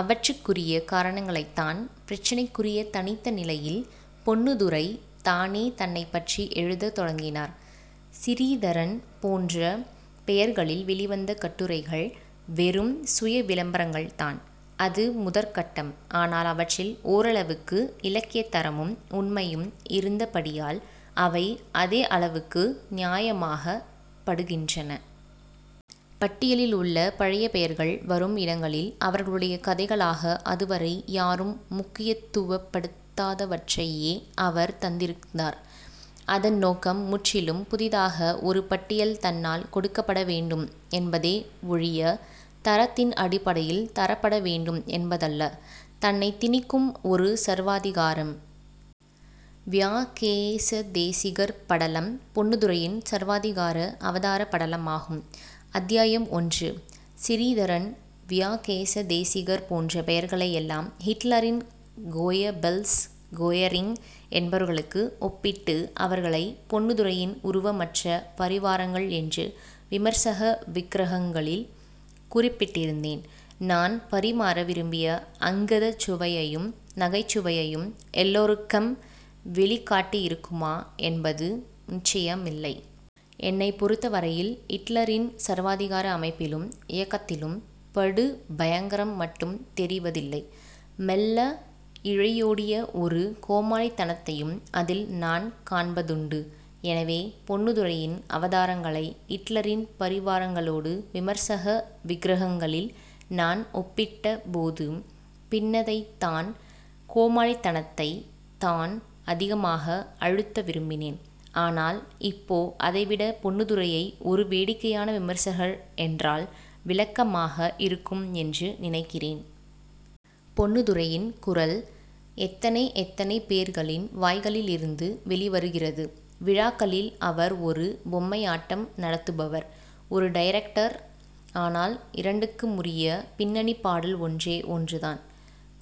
அவற்றுக்குரிய காரணங்களைத்தான். 'பிரச்சினைக்குரிய தனித்த நிலை'யில் பொன்னுத்துரை தானே தன்னைப்பற்றி எழுதத் தொடங்கினார், சிறீதரன் போன்ற பெயர்களில் வெளிவந்த கட்டுரைகள் வெறும் சுய விளம்பரங்கள்தான். அது முதற் கட்டம். ஆனால் அவற்றில் ஓரளவுக்கு இலக்கியத் தரமும் உண்மையும் இருந்தபடியால் அவை அதே அளவுக்கு நியாயமாகப் படுகின்றன. பட்டியலில் உள்ள பழைய பெயர்கள் வரும் இடங்களில் அவர்களுடைய கதைகளாக அதுவரை யாரும் முக்கியத்துவப்படுத்தாதவற்றையே அவர் தந்திருந்தார். அதன் நோக்கம் முற்றிலும் புதிதாக ஒரு பட்டியல் தன்னால் கொடுக்கப்பட வேண்டும் என்பதே ஒழிய, தரத்தின் அடிப்படையில் தரப்பட வேண்டும் என்பதல்ல. தன்னைத் திணிக்கும் ஒரு சர்வாதிகாரம். வியாகேசதேசிகர் படலம் பொன்னுத்துரையின் சர்வாதிகார அவதாரப் படலமாகும். அத்தியாயம் ஒன்று. சிறீதரன், வியாகேச தேசிகர் போன்ற பெயர்களை எல்லாம் ஹிட்லரின் கோயபெல்ஸ், கோயரிங் என்பவர்களுக்கு ஒப்பிட்டு அவர்களைப் பொன்னுத்துரையின் உருவமற்ற பரிவாரங்கள் என்று 'விமர்சக விக்கிரகங்களி'ல் குறிப்பிட்டிருந்தேன். நான் பரிமாற விரும்பிய அங்கதச் சுவையையும் நகைச்சுவையையும் எல்லோருக்கம் வெளிக்காட்டியிருக்குமா என்பது நிச்சயமில்லை. என்னைப் பொருத்தவரையில் ஹிட்லரின் சர்வாதிகார அமைப்பிலும் இயக்கத்திலும் படுபயங்கரம் மட்டும் தெரிவதில்லை. மெல்ல இழையோடிய ஒரு கோமாளித்தனத்தையும் அதில் நான் காண்பதுண்டு. எனவே, பொன்னுத்துரையின் அவதாரங்களை ஹிட்லரின் பரிவாரங்களோடு 'விமர்சக விக்கிரகங்களி'ல் நான் ஒப்பிட்டபோது பின்னதைத்தான், கோமாளித்தனத்தைத் தான், அதிகமாக அழுத்த விரும்பினேன். ஆனால் இப்போ அதைவிட பொன்னுத்துரையை ஒரு வேடிக்கையான விமர்சகர் என்றால் விளக்கமாக இருக்கும் என்று நினைக்கிறேன். பொன்னுத்துரையின் குரல் எத்தனை எத்தனை பேர்களின் வாய்களிலிருந்து வெளிவருகிறது. விழாக்களில் அவர் ஒரு பொம்மையாட்டம் நடத்துபவர். ஒரு டைரக்டர். ஆனால் இரண்டுக்குமுரிய பின்னணிப் பாடல் ஒன்றே ஒன்றுதான்!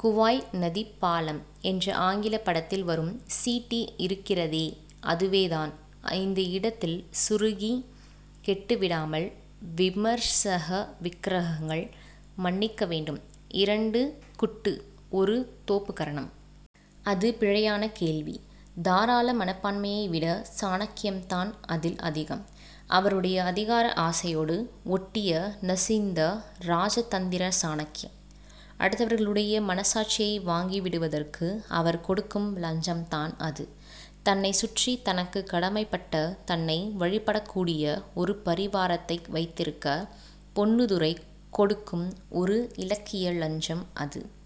'குவாய் நதிப்பாலம்' என்ற ஆங்கிலப் படத்தில் வரும் சீட்டி இருக்கிறதே அதுவேதான். இந்த இடத்தில் சுருதி கெட்டுவிடாமல், விமர்சக விக்கிரகங்கள் மன்னிக்க வேண்டும், இரண்டு குட்டு, ஒரு தோப்புக்கரணம். அது பிழையான கேள்வி. தாராள மனப்பான்மையை விட சாணக்கியம்தான் அதில் அதிகம். அவருடைய அதிகார ஆசையோடு ஒட்டிய நசிந்த ராஜதந்திர சாணக்கியம். அடுத்தவர்களுடைய மனசாட்சியை வாங்கிவிடுவதற்கு அவர் கொடுக்கும் லஞ்சம்தான் அது. தன்னைச் சுற்றி, தனக்குக் கடமைப்பட்ட, தன்னை வழிபடக்கூடிய ஒரு பரிவாரத்தை வைத்திருக்க, பொன்னுத்துரை கொடுக்கும் ஒரு இலக்கிய லஞ்சம் அது.